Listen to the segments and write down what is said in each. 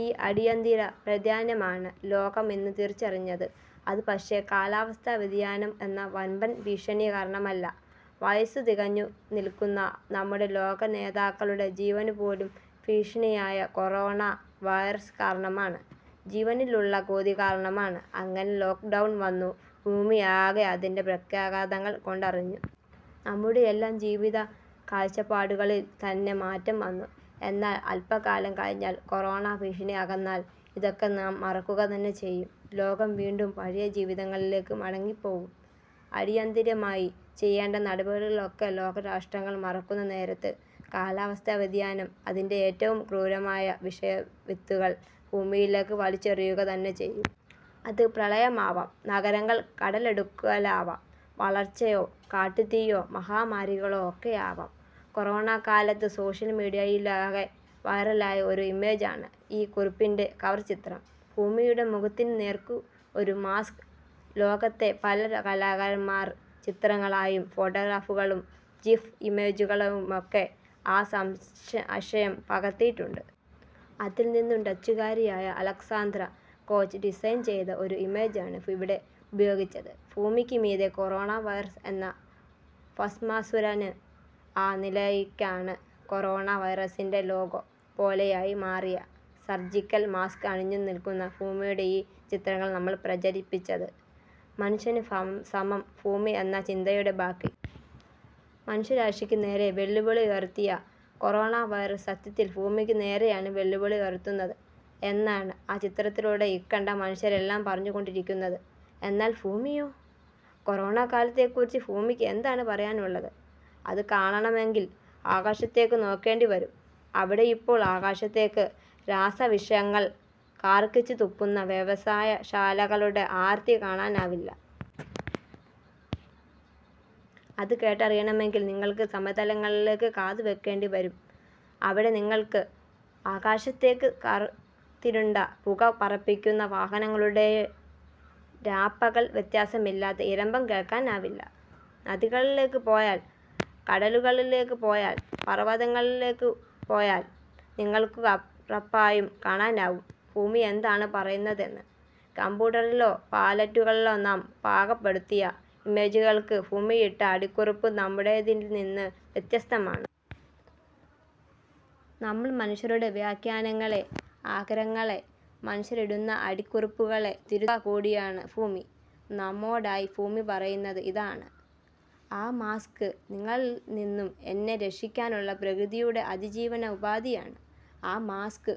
ഈ അടിയന്തിര പ്രാധാന്യമാണ് ലോകം ഇന്ന് തിരിച്ചറിഞ്ഞത്. അതു പക്ഷേ, കാലാവസ്ഥാ വ്യതിയാനം എന്ന വമ്പൻ ഭീഷണി കാരണമല്ല. വയസ്സു തികഞ്ഞു നില്‍ക്കുന്ന നമ്മുടെ ലോകനേതാക്കളുടെ ജീവനുപോലും ഭീഷണിയായ കൊറോണ വൈറസ് കാരണമാണ്. ജീവനിലുള്ള കൊതി കാരണമാണ്. അങ്ങനെ ലോക്ക്ഡൗൺ വന്നു. ഭൂമിയാകെ അതിന്‍റെ പ്രത്യാഘാതങ്ങള്‍ കൊണ്ടറിഞ്ഞു. നമ്മുടെയല്ലാം ജീവത കാഴ്ചപ്പാടുകളില്‍ തന്നെ മാറ്റം വന്നു. എന്നാല്‍, അല്പകാലം കഴിഞ്ഞാല്‍, കൊറോണ ഭീഷണി അകന്നാല്‍, ഇതൊക്കെ നാം മറക്കുക തന്നെ ചെയ്യും. ലോകം വീണ്ടും പഴയ ജീവിതങ്ങളിലേക്ക് മടങ്ങിപ്പോവും. അടിയന്തിരമായി ചെയ്യേണ്ട നടപടികളൊക്കെ ലോകരാഷ്ട്രങ്ങൾ മറക്കുന്ന നേരത്ത്, കാലാവസ്ഥാ വ്യതിയാനം, അതിന്‍റെ ഏറ്റവും ക്രൂരമായ വിഷവിത്തുകള്‍ ഭൂമിയിലേക്ക് വലിച്ചെറിയുക തന്നെ ചെയ്യും. അത് പ്രളയമാവാം, നഗരങ്ങള്‍ കടലെടുക്കലാവാം, വളർച്ചയോ കാട്ടുതീയോ മഹാമാരികളോ ഒക്കെയാവാം. കൊറോണക്കാലത്ത് സോഷ്യല്‍ മീഡിയയിലാകെ വൈറലായ ഒരു ഇമേജ് ആണ് ഈ കുറിപ്പിന്‍റെ കവർ ചിത്രം. ഭൂമിയുടെ മുഖത്തിനു നേര്‍ക്കു ഒരു മാസ്ക്. ലോകത്തെ പല കലാകാരന്‍മാര്‍ ചിത്രങ്ങളായും ഫോട്ടോഗ്രാഫുകളും ജിഫ് ഇമേജുകളായുമൊക്കെ ആ ആശയം പകര്‍ത്തിയിട്ടുണ്ട്. അതില്നിന്നും, ഡച്ചുകാരിയായ അലക്സാന്ദ്ര കോച്ച് ഡിസൈന് ചെയ്ത ഒരു ഇമേജാണ് ഇവിടെ ഉപയോഗിച്ചത്. ഭൂമിക്കു മീതെ കൊറോണ വൈറസ് എന്ന ഭസ്മാസുരന്. ആ നിലയ്ക്കാണ്, കൊറോണ വൈറസിന്‍റെ ലോഗോ പോലെയായി മാറിയ, സർജിക്കല് മാസ്ക് അണിഞ്ഞു നില്‍ക്കുന്ന ഭൂമിയുടെ ഈ ചിത്രങ്ങള്‍ നമ്മള്‍ പ്രചരിപ്പിച്ചത്. മനുഷ്യന് സമം ഫൂമി എന്ന ചിന്തയുടെ ബാക്കി. മനുഷ്യരാശിക്കു നേരെ വെല്ലുവിളി ഉയര്‍ത്തിയ കൊറോണ വൈറസ് സത്യത്തില്‍ ഫൂമിക്കു നേരെയാണ് വെല്ലുവിളി ഉയര്‍ത്തുന്നത് എന്നാണ്, ആ ചിത്രത്തിലൂടെ ഇക്കണ്ട മനുഷ്യരെല്ലാം പറഞ്ഞു കൊണ്ടിരിക്കുന്നത്. എന്നാല്‍ ഫൂമിയോ? കൊറോണക്കാലത്തെക്കുറിച്ച് ഫൂമിക്ക് എന്താണ് പറയാനുള്ളത്? അതു കാണണമെങ്കില്, ആകാശത്തേക്കു നോക്കേണ്ടി വരും. അവിടെയിപ്പോൾ ആകാശത്തേക്ക് രാസവിഷങ്ങൾ കാര്‍ക്കിച്ചു തുപ്പുന്ന വ്യവസായ ശാലകളുടെ ആര്‍ത്തി കാണാനാവില്ല. അത് കേട്ടറിയണമെങ്കില്‍, നിങ്ങള്‍ക്ക് സമതലങ്ങളിലേക്ക് കാതുവെക്കേണ്ടി വരും. അവിടെ നിങ്ങള്‍ക്ക്, ആകാശത്തേക്ക് കറുത്തിരുണ്ട പുക പറപ്പിക്കുന്ന വാഹനങ്ങളുടെ, രാപ്പകല്‍ വ്യത്യാസമില്ലാത്ത ഇരമ്പം കേള്‍ക്കാനാവില്ല. നദികളിലേക്ക് പോയാല്‍, കടലുകളിലേക്ക് പോയാല്‍, പര്‍വതങ്ങളിലേക്കു പോയാല്‍ നിങ്ങൾക്കുറപ്പായും കാണാനാവും, ഫൂമി എന്താണ് പറയുന്നതെന്ന്. കമ്പ്യൂട്ടറിലോ പാലറ്റുകളിലോ നാം പാകപ്പെടുത്തിയ ഇമേജുകള്‍ക്ക് ഫൂമിയിട്ട അടിക്കുറിപ്പ് നമ്മുടേതില്നിന്ന് വ്യത്യസ്തമാണ്. നമ്മള്‍ മനുഷ്യരുടെ വ്യാഖ്യാനങ്ങളെ, ആഗ്രഹങ്ങളെ, മനുഷ്യരിടുന്ന അടിക്കുറിപ്പുകളെ തിരുത്തുക കൂടിയാണ് ഫൂമി. നമ്മോടായി ഫൂമി പറയുന്നത് ഇതാണ്: ' ആ മാസ്ക് നിങ്ങളില്നിന്നും എന്നെ രക്ഷിക്കാനുള്ള പ്രകൃതിയുടെ അതിജീവന ഉപാധിയാണ്. ആ മാസ്ക്,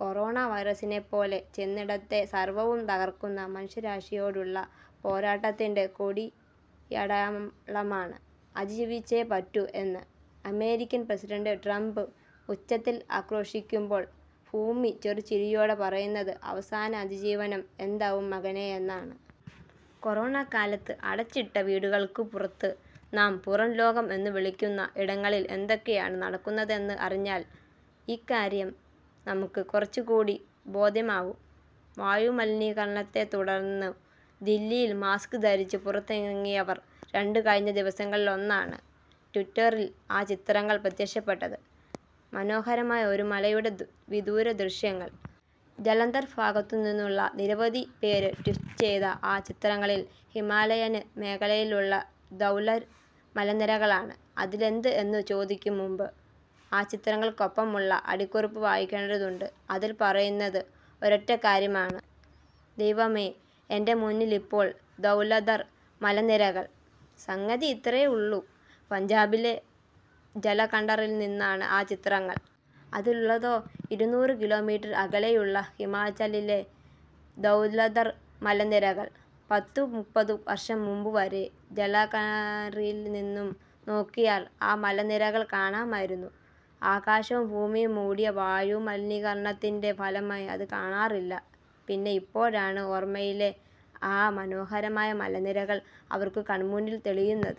കൊറോണ വൈറസിനെപ്പോലെ ചെന്നിടത്തെ സര്‍വ്വവും തകര്‍ക്കുന്ന മനുഷ്യരാശിയോടുള്ള പോരാട്ടത്തിന്‍റെ കൊടിയടയാളമാണ്. ' അതിജീവിച്ചേ പറ്റൂ എന്ന് അമേരിക്കന്‍ പ്രസിഡന്‍റ് ട്രംപ് ഉച്ചത്തില്‍ ആക്രോശിക്കുമ്പോള്‍, ഫൂമി ചെറു ചിരിയോടെ പറയുന്നത്, അവസാന അതിജീവനം എന്താവും മകനേ എന്നാണ്. കൊറോണക്കാലത്ത് അടച്ചിട്ട വീടുകള്‍ക്കു പുറത്ത്, നാം പുറം ലോകം എന്നു വിളിക്കുന്ന ഇടങ്ങളില്‍ എന്തൊക്കെയാണ് നടക്കുന്നതെന്ന് അറിഞ്ഞാല്‍, ഇക്കാര്യം നമുക്ക് കുറച്ചു കൂടി ബോധ്യമാവും. വായുമലിനീകരണത്തെത്തുടർന്നു ദില്ലിയിൽ മാസ്ക് ധരിച്ച് പുറത്തിറങ്ങിയവര്‍ രണ്ട് കഴിഞ്ഞ ദിവസങ്ങളിലൊന്നാണ്, ട്വിറ്ററിൽ ആ ചിത്രങ്ങള്‍ പ്രത്യക്ഷപ്പെട്ടത്. മനോഹരമായ ഒരു മലയുടെ വിദൂരദൃശ്യങ്ങൾ. ജലന്ധര്‍ ഫാഗത്തുനിന്നുള്ള നിരവധി പേര് ട്വീറ്റ് ചെയ്ത ആ ചിത്രങ്ങളില്‍ ഹിമാലയന് മേഖലയിലുള്ള ധൗലര് മലനിരകളാണ്. അതിലെന്ത് എന്നു ചോദിക്കും മുമ്പ്, ആ ചിത്രങ്ങള്ക്കൊപ്പമുള്ള അടിക്കുറിപ്പ് വായിക്കേണ്ടതുണ്ട്. അതിൽപറയുന്നത് ഒരൊറ്റക്കാര്യമാണ്, ദൈവമേ, എന്‍റെ മുന്നിലിപ്പോൾ ധൗലധർ മലനിരകൾ! സംഗതി ഇത്രയേ ഉള്ളൂ. പഞ്ചാബിലെ ജലഘണ്ടറില്നിന്നാണ് ആ ചിത്രങ്ങള്‍. അതിലുള്ളതോ ഇരുനൂറ് കിലോ മീറ്റര്‍ അകലെയുള്ള ഹിമാചലിലെ ധൗലധർ മലനിരകൾ. പത്തു മുപ്പതു വര്‍ഷം മുമ്പുവരെ ജലകാറില്നിന്നും നോക്കിയാല്‍ ആ മലനിരകൾ കാണാമായിരുന്നു. ആകാശവും ഭൂമിയും മൂടിയ വായുമലിനീകരണത്തിന്റെ ഫലമായി അത് കാണാറില്ല. പിന്നെ ഇപ്പോഴാണ്, ഓര്‍മ്മയിലെ ആ മനോഹര മലനിരകൾ അവര്‍ക്കു കണ്‍മുന്നില്‍ തെളിയുന്നത്.